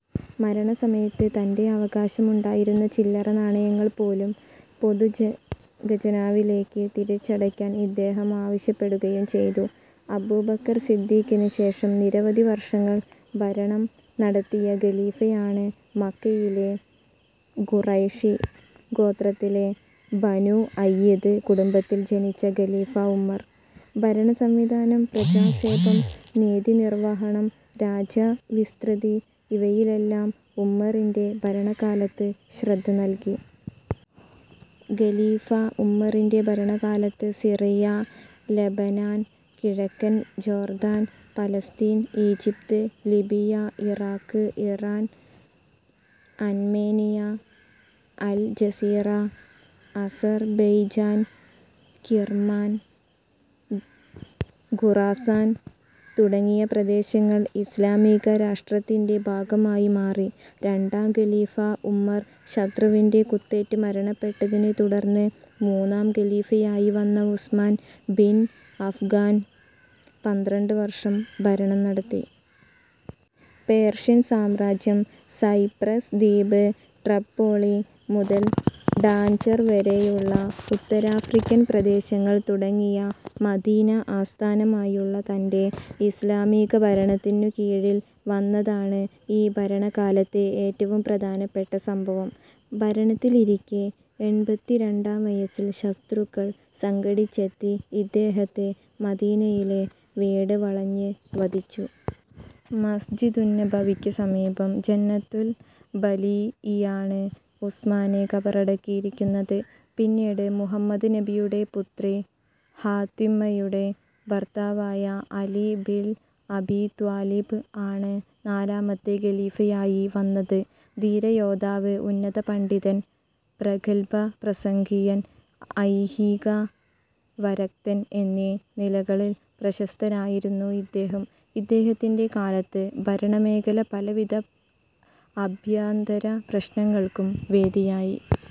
മരണസമയത്ത് തന്റെ കൈവശം ഉണ്ടായിരുന്ന ചില്ലറ നാണയങ്ങൾ പോലും പൊതു ഖജനാവിലേക്ക് തിരിച്ചടയ്ക്കാൻ ഇദ്ദേഹം ആവശ്യപ്പെടുകയും ചെയ്തു. അബൂബക്കർ സിദ്ധീഖിന് ശേഷം നിരവധി വർഷങ്ങൾ ഭരണം നടത്തിയ ഖലീഫയാണ് മക്കയിലെ ഖുറൈഷി ഗോത്രത്തിലെ ബനൂ അദിയ്യ് കുടുംബത്തിൽ ജനിച്ച ഖലീഫ ഉമർ. ഭരണസംവിധാനം, പ്രജാക്ഷേമം, നീതിനിർവഹണം, രാജ്യവിസതൃതി ഇവയിലെല്ലാം ഉമറിന്റെ ഭരണകാലത്ത് ശ്രദ്ധ നൽകി. ഖലീഫ ഉമറിന്റെ ഭരണകാലത്ത് സിറിയ, ലെബനാൻ, കിഴക്കൻ Jordan, Palestine, Egypt, Libya, Iraq, Iran, Armenia, Al Jazira, Azerbaijan, Kirman, Khorasan തുടങ്ങിയ പ്രദേശങ്ങൾ ഇസ്ലാമിക രാഷ്ട്രത്തിന്റെ ഭാഗമായി മാറി. രണ്ടാം ഖലീഫ ഉമർ ശത്രുവിന്റെ കുത്തേറ്റ് മരണപെട്ടതിനെ തുടർന്ന് മൂന്നാം ഖലീഫയായി വന്ന ഉസ്മാൻ ബിൻ അഫ്ഫാൻ പന്ത്രണ്ട് വർഷം ഭരണം നടത്തി. പേർഷ്യൻ സാമ്രാജ്യം, സൈപ്രസ് ദ്വീപ്, ട്രിപ്പൊളി മുതൽ ഡാഞ്ചർ വരെയുള്ള ഉത്തരാഫ്രിക്കൻ പ്രദേശങ്ങൾ തുടങ്ങിയവ മദീന ആസ്ഥാനമായുള്ള തന്റെ ഇസ്ലാമിക ഭരണത്തിനു കീഴിൽ വന്നതാണ് ഈ ഭരണകാലത്തെ ഏറ്റവും പ്രധാനപ്പെട്ട സംഭവം. ഭരണത്തിലിരിക്കെ എൺപത്തി രണ്ടാം വയസ്സിൽ ശത്രുക്കൾ സംഘടിച്ചെത്തി ഇദ്ദേഹത്തെ മദീനയിലെ വീട് വളഞ്ഞ് വധിച്ചു. മസ്ജിദുന്നബവിക്ക് സമീപം ജന്നതുൽ ബഖീഇലാണ് ഉസ്മാനെ ഖബറടക്കിയിരിക്കുന്നത്. പിന്നീട് മുഹമ്മദ് നബിയുടെ പുത്രി ഫാത്വിമയുടെ ഭർത്താവായ അലി ബിൻ അബീത്വാലിബ് ആണ് നാലാമത്തെ ഖലീഫയായി വന്നത്. ധീര യോദ്ധാവ്, ഉന്നത പണ്ഡിതൻ, പ്രഗല്ഭ പ്രസംഗകൻ, ഐഹീക വിരക്തൻ എന്നീ നിലകളിൽ പ്രശസ്തനായിരുന്നു ഇദ്ദേഹം. ഇദ്ദേഹത്തിന്റെ കാലത്ത് ഭരണ മേഖല പലവിധ അഭ്യന്തര പ്രശ്നങ്ങൾക്കും വേദിയായി.